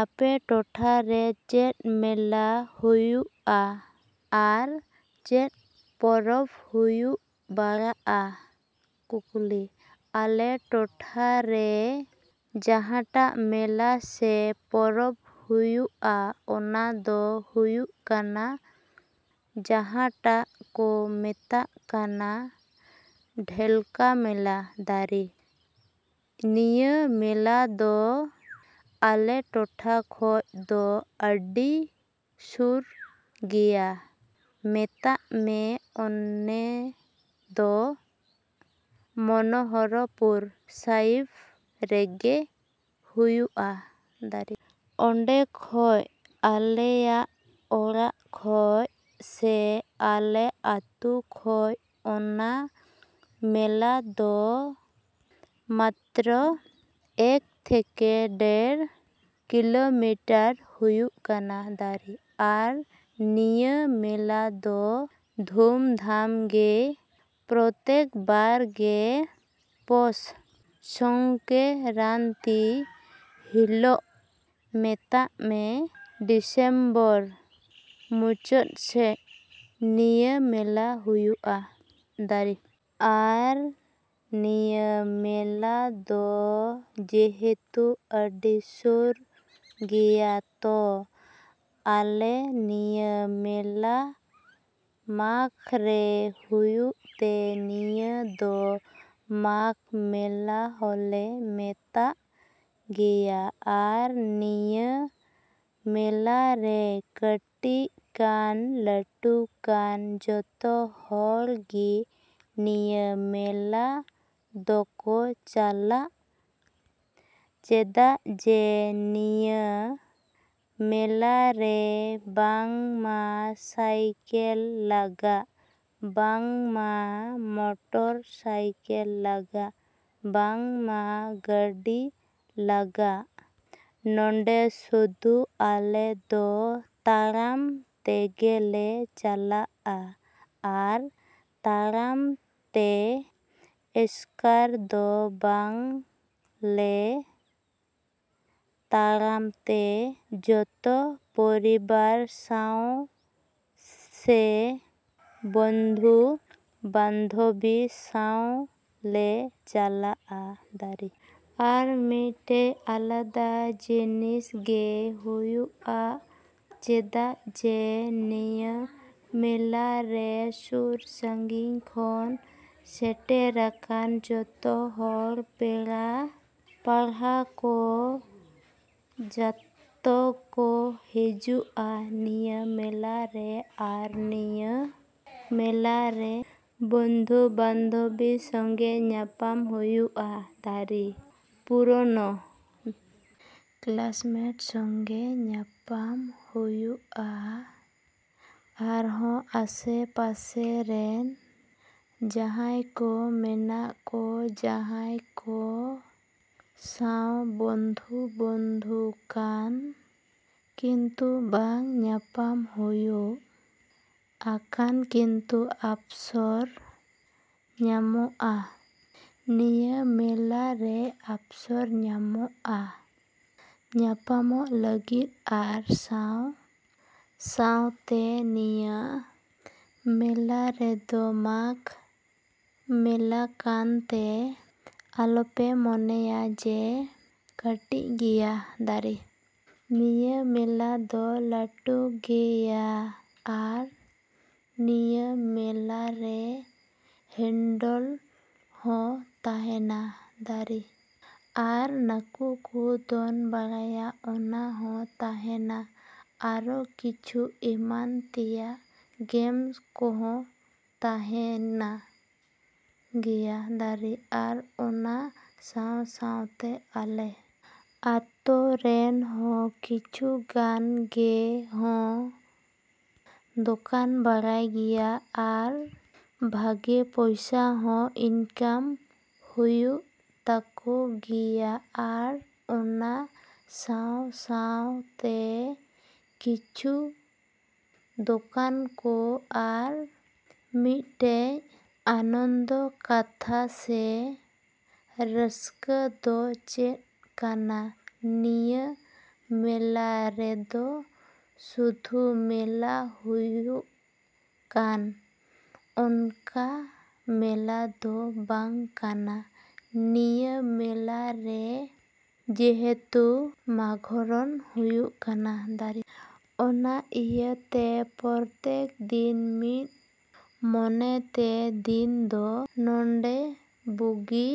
ᱟᱯᱮ ᱴᱚᱴᱷᱟᱨᱮ ᱪᱮᱫ ᱢᱮᱞᱟ ᱦᱩᱭᱩᱜᱼᱟ ᱟᱨ ᱪᱮᱫ ᱯᱚᱨᱚᱵᱽ ᱦᱩᱭ ᱵᱟᱲᱟᱜᱼᱟ? ᱟᱞᱮ ᱴᱚᱴᱷᱟ ᱨᱮ ᱡᱟᱸᱦᱟᱴᱟᱜ ᱢᱮᱞᱟ ᱥᱮ ᱯᱚᱨᱚᱵᱽ ᱦᱩᱭᱩᱜᱼᱟ ᱚᱱᱟ ᱫᱚ ᱦᱩᱭᱩᱜ ᱠᱟᱱᱟ ᱡᱟᱸᱦᱟᱴᱟᱜ ᱠᱚ ᱢᱮᱛᱟᱜ ᱠᱟᱱ ᱰᱷᱮᱞᱠᱟᱜ ᱢᱮᱞᱟ᱾ ᱱᱤᱭᱟᱹ ᱢᱮᱞᱟ ᱫᱚ ᱟᱞᱮᱭᱟᱜ ᱴᱚᱴᱷᱟ ᱠᱷᱚᱡ ᱫᱚ ᱟᱹᱰᱤ ᱥᱩᱨ ᱜᱮᱭᱟ ᱢᱮᱛᱟᱜ ᱢᱮ ᱚᱱᱟ ᱫᱚ ᱢᱚᱱᱳᱦᱚᱨᱯᱩᱨ ᱥᱟᱭᱤᱰ ᱨᱮᱜᱮ ᱦᱩᱭᱩᱜᱼᱟ᱾ ᱚᱸᱰᱮ ᱠᱷᱚᱡ ᱟᱞᱮᱭᱟᱜ ᱚᱲᱟᱜ ᱠᱷᱚᱡ ᱥᱮ ᱟᱞᱮ ᱟᱛᱳ ᱠᱷᱚᱱ ᱚᱱᱟ ᱢᱮᱞᱟ ᱫᱚ ᱢᱟᱛᱨᱚ ᱮᱠ ᱛᱷᱮᱠᱮ ᱰᱮᱲ ᱠᱤᱞᱳᱢᱤᱴᱟᱨ ᱦᱩᱭᱩᱜᱼᱟ᱾ ᱟᱨ ᱱᱤᱭᱟᱹ ᱢᱮᱞᱟ ᱫᱚ ᱫᱷᱩᱢᱫᱷᱟᱢ ᱜᱮ ᱯᱨᱚᱛᱮᱠ ᱵᱟᱨᱜᱮ ᱯᱳᱥ ᱥᱚᱝᱠᱮᱨᱟᱱᱛᱤ ᱦᱤᱞᱳᱜ ᱢᱮᱛᱟᱜ ᱢᱮ ᱰᱤᱥᱮᱢᱵᱚᱨ ᱢᱩᱪᱟᱹᱫ ᱥᱮᱫ ᱱᱤᱭᱟᱹ ᱢᱮᱞᱟ ᱦᱩᱭᱩᱜᱼᱟ᱾ ᱟᱨ ᱱᱤᱭᱟᱹ ᱢᱮᱞᱟ ᱫᱚ ᱡᱮᱦᱩᱛᱩ ᱟᱹᱰᱤ ᱥᱩᱨ ᱜᱮᱭᱟ ᱛᱳ ᱟᱞᱮ ᱱᱤᱭᱟᱹ ᱢᱮᱞᱟ ᱢᱟᱴᱷᱨᱮ ᱦᱩᱭᱩᱜ ᱛᱮ ᱱᱤᱭᱟᱹ ᱫᱚ ᱢᱟᱴᱷ ᱢᱮᱞᱟ ᱦᱚᱞᱮ ᱢᱮᱛᱟᱣᱟᱜ ᱜᱮᱭᱟ ᱟᱨ ᱱᱤᱭᱟᱹ ᱢᱮᱞᱟᱨᱮ ᱠᱟᱹᱴᱤᱡ ᱠᱟᱱ ᱞᱟᱹᱴᱩ ᱠᱟᱱ ᱡᱚᱛᱚ ᱦᱚᱲᱜᱮ ᱱᱤᱭᱟᱹ ᱢᱮᱞᱟ ᱫᱚᱠᱚ ᱪᱟᱞᱟᱜᱼᱟ ᱪᱮᱫᱟᱜ ᱡᱮ ᱱᱤᱭᱟᱹ ᱢᱮᱞᱟᱨᱮ ᱵᱟᱝᱢᱟ ᱥᱟᱭᱠᱮᱞ ᱞᱟᱜᱟᱜ ᱵᱟᱝᱢᱟ ᱢᱚᱴᱚᱨ ᱥᱟᱭᱠᱮᱞ ᱞᱟᱜᱟᱜ ᱵᱟᱝᱢᱟ ᱜᱟᱹᱰᱤ ᱞᱟᱜᱟᱜ ᱱᱚᱸᱰᱮ ᱥᱩᱫᱷᱩ ᱟᱞᱮ ᱫᱚ ᱛᱟᱲᱟᱢ ᱛᱮᱜᱮᱞᱮ ᱪᱟᱞᱟᱜᱼᱟ ᱟᱨ ᱛᱟᱲᱟᱢᱛᱮ ᱮᱥᱠᱟᱨ ᱫᱚ ᱵᱟᱝ ᱟᱞᱮ ᱛᱟᱲᱟᱢᱛᱮ ᱡᱚᱛᱚ ᱯᱚᱨᱤᱵᱟᱨ ᱥᱟᱶᱛᱮ ᱥᱮ ᱵᱚᱱᱫᱷᱩ ᱵᱟᱱᱫᱷᱚᱵ ᱥᱟᱶᱛᱮ ᱞᱮ ᱪᱟᱞᱟᱜᱼᱟ᱾ ᱟᱨ ᱢᱤᱫᱴᱮᱡ ᱟᱞᱟᱫᱟ ᱤᱱᱡᱚᱭ ᱜᱮ ᱦᱩᱭᱩᱜᱼᱟ ᱪᱮᱫᱟᱜ ᱡᱮ ᱱᱤᱭᱟᱹ ᱢᱮᱞᱟᱨᱮ ᱥᱩᱨ ᱥᱟᱺᱜᱤᱧ ᱠᱷᱚᱱ ᱥᱮᱴᱮᱨᱟᱠᱟᱱ ᱡᱚᱛᱚ ᱦᱚᱲ ᱯᱮᱲᱟ ᱯᱟᱹᱲᱦᱟᱹ ᱠᱚ ᱡᱚᱛᱚ ᱠᱚ ᱦᱤᱡᱩᱜᱼᱟ ᱱᱤᱭᱟᱹ ᱢᱮᱞᱟᱨᱮ ᱟᱨ ᱱᱤᱭᱟᱹ ᱢᱮᱞᱟᱨᱮ ᱵᱚᱱᱫᱷᱩ ᱵᱟᱱᱫᱷᱚᱵ ᱥᱚᱜᱮ ᱧᱟᱯᱟᱢ ᱦᱩᱭᱩᱜᱼᱟ᱾ ᱯᱩᱨᱳᱱᱳ ᱠᱮᱞᱟᱥᱢᱮᱴ ᱥᱚᱜᱮ ᱧᱟᱯᱟᱢ ᱦᱩᱭᱩᱜᱼᱟ ᱟᱨᱦᱚ ᱟᱥᱮ ᱯᱟᱥᱮ ᱨᱮᱱ ᱡᱟᱦᱟᱸᱭ ᱠᱚ ᱢᱮᱱᱟᱜ ᱠᱚ ᱡᱟᱦᱟᱸᱭ ᱠᱚ ᱥᱟᱶ ᱵᱚᱱᱫᱷᱩ ᱵᱚᱱᱫᱷᱩ ᱠᱟᱱ ᱠᱚ ᱠᱤᱱᱛᱩ ᱵᱟᱝ ᱧᱟᱯᱟᱢ ᱦᱩᱭ ᱟᱠᱟᱱ ᱠᱤᱱᱛᱩ ᱚᱯᱥᱚᱨ ᱧᱟᱢᱚᱜᱼᱟ ᱱᱤᱭᱟᱹ ᱢᱮᱞᱟᱨᱮ ᱚᱯᱥᱚᱨ ᱧᱟᱢᱚᱜᱼᱟ ᱧᱟᱯᱟᱢᱚᱜ ᱞᱟᱹᱜᱤᱫ ᱟᱨ ᱥᱟᱶ ᱥᱟᱶᱛᱮ ᱱᱤᱭᱟᱹ ᱢᱮᱞᱟ ᱨᱮᱫᱚ ᱢᱟᱴᱷ ᱢᱮᱞᱟ ᱠᱟᱱᱛᱮ ᱟᱞᱚᱯᱮ ᱢᱚᱱᱮᱭᱟ ᱡᱮ ᱠᱟᱹᱴᱤᱡ ᱜᱮᱭᱟ᱾ ᱱᱤᱭᱟᱹ ᱢᱮᱞᱟ ᱫᱚ ᱞᱟᱹᱴᱩ ᱜᱮᱭᱟ ᱦᱩᱭᱩᱜᱼᱟ ᱟᱨ ᱱᱤᱭᱟᱹ ᱢᱮᱞᱟᱨᱮ ᱦᱤᱱᱰᱳᱞ ᱦᱚᱸ ᱛᱟᱦᱮᱱᱟ᱾ ᱟᱨ ᱱᱟᱠᱩ ᱠᱚ ᱫᱚᱱ ᱵᱟᱲᱟᱭᱟ ᱚᱱᱟ ᱦᱚᱸ ᱛᱟᱦᱮᱱᱟ ᱟᱨᱚ ᱠᱤᱪᱷᱩ ᱮᱢᱟᱱ ᱛᱮᱭᱟᱜ ᱜᱮᱢᱥ ᱠᱚᱦᱚᱸ ᱛᱟᱦᱮᱱ ᱜᱮᱭᱟ᱾ ᱟᱨ ᱚᱱᱟ ᱥᱟᱶ ᱥᱟᱶᱛᱮ ᱟᱞᱮ ᱟᱛᱳ ᱠᱚᱨᱮᱱ ᱦᱚᱸ ᱠᱤᱪᱷᱩ ᱜᱟᱱ ᱜᱮ ᱦᱚᱸ ᱫᱚᱠᱟᱱ ᱵᱟᱲᱟᱭ ᱜᱮᱭᱟ ᱟᱨ ᱵᱷᱟᱹᱜᱤ ᱯᱚᱭᱥᱟ ᱦᱚᱸ ᱤᱱᱠᱟᱢ ᱦᱩᱭᱩᱜ ᱛᱟᱠᱚ ᱜᱮᱭᱟ ᱟᱨ ᱚᱱᱟ ᱥᱟᱶ ᱥᱟᱶᱛᱮ ᱠᱤᱪᱷᱩ ᱫᱚᱠᱟᱱ ᱠᱚ ᱟᱨ ᱢᱤᱫᱴᱮᱡ ᱟᱱᱚᱱᱫᱚ ᱠᱟᱛᱷᱟ ᱥᱮ ᱨᱟᱹᱥᱠᱟᱹ ᱫᱚ ᱪᱮᱫ ᱠᱟᱱᱟ ᱱᱤᱭᱟᱹ ᱢᱮᱞᱟ ᱨᱮᱫᱚ ᱥᱩᱫᱷᱩ ᱢᱮᱞᱟ ᱦᱩᱭᱩᱜ ᱠᱟᱱᱟ ᱚᱱᱠᱟ ᱢᱟᱱᱮ ᱫᱚ ᱵᱟᱝ ᱠᱟᱱᱟ ᱱᱤᱭᱟᱹ ᱢᱮᱞᱟᱨᱮ ᱡᱮᱦᱮᱛᱩ ᱡᱟᱜᱽᱨᱚᱱ ᱦᱩᱭᱩᱜᱼᱟ᱾ ᱚᱱᱟ ᱤᱭᱟᱹᱛᱮ ᱯᱨᱚᱛᱮᱠ ᱫᱤᱱ ᱢᱤᱫ ᱢᱚᱱᱮᱛᱮ ᱫᱤᱱᱫᱚ ᱱᱚᱰᱮ ᱵᱩᱜᱤ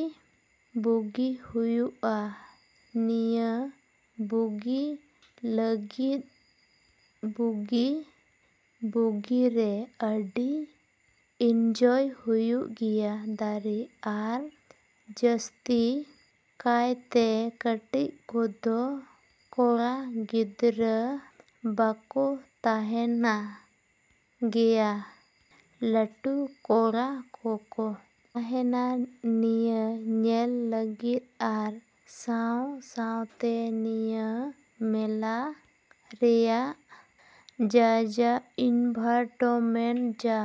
ᱵᱩᱜᱤ ᱦᱩᱭᱩᱜᱼᱟ ᱱᱤᱭᱟᱹ ᱵᱩᱜᱤ ᱞᱟᱹᱜᱤᱫ ᱵᱩᱜᱤ ᱵᱩᱜᱤᱨᱮ ᱟᱹᱰᱤ ᱤᱱᱡᱚᱭ ᱦᱩᱭᱩᱜ ᱜᱮᱭᱟ᱾ ᱟᱨ ᱡᱟᱹᱥᱛᱤ ᱠᱟᱭᱛᱮ ᱠᱟᱹᱴᱤᱡ ᱠᱚᱫᱚ ᱠᱚᱲᱟ ᱜᱤᱫᱽᱨᱟᱹ ᱵᱟᱠᱚ ᱛᱟᱦᱮᱱ ᱜᱮᱭᱟ ᱞᱟᱹᱴᱩ ᱠᱚᱲᱟ ᱠᱚᱠᱚ ᱛᱟᱦᱮᱱᱟ ᱱᱤᱭᱟᱹ ᱧᱮᱞ ᱞᱟᱹᱜᱤᱫ ᱟᱨ ᱥᱟᱶ ᱥᱟᱶᱛᱮ ᱱᱤᱭᱟᱹ ᱢᱮᱞᱟ ᱨᱮᱭᱟᱜ ᱡᱟ ᱡᱟ ᱤᱱᱵᱷᱟᱨᱢᱮᱱᱴ ᱡᱟ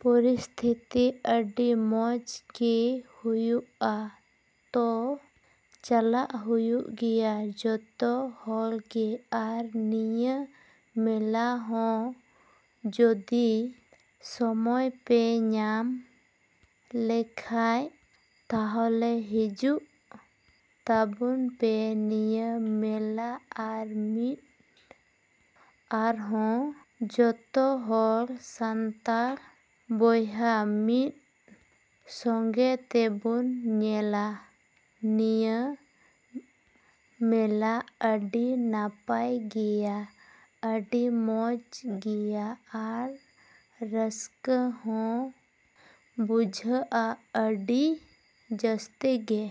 ᱯᱚᱨᱤᱥᱛᱷᱤᱛᱤ ᱟᱹᱰᱤ ᱢᱚᱡᱽ ᱜᱮ ᱦᱩᱭᱩᱜᱼᱟ ᱛᱳ ᱪᱟᱞᱟᱜ ᱦᱩᱭᱩᱜ ᱜᱮᱭᱟ ᱡᱚᱛᱚ ᱦᱚᱲᱜᱮ ᱟᱨ ᱱᱤᱭᱟᱹ ᱢᱮᱞᱟ ᱦᱚᱸ ᱡᱚᱫᱤ ᱥᱚᱢᱚᱭ ᱯᱮ ᱧᱟᱢ ᱞᱮᱠᱷᱟᱡ ᱛᱟᱦᱚᱞᱮ ᱦᱤᱡᱩᱜ ᱛᱟᱵᱚᱱᱯᱮ ᱱᱤᱭᱟᱹ ᱢᱮᱞᱟ ᱟᱨ ᱢᱤᱫ ᱟᱨᱦᱚᱸ ᱡᱚᱛᱚ ᱦᱚᱲ ᱥᱟᱱᱛᱟᱲ ᱵᱚᱭᱦᱟ ᱢᱤᱫ ᱥᱚᱜᱮ ᱛᱮᱵᱚ ᱧᱮᱞᱟ ᱱᱤᱭᱟᱹ ᱢᱮᱞᱟ ᱟᱹᱰᱤ ᱱᱟᱯᱟᱭ ᱜᱮᱭᱟ ᱟᱹᱰᱤ ᱢᱚᱡᱽ ᱜᱮᱭᱟ ᱟᱨ ᱨᱟᱹᱥᱠᱟᱹ ᱦᱚᱸ ᱵᱩᱡᱷᱟᱹᱜᱼᱟ ᱟᱹᱰᱤ ᱡᱟᱥᱛᱤ ᱜᱮ᱾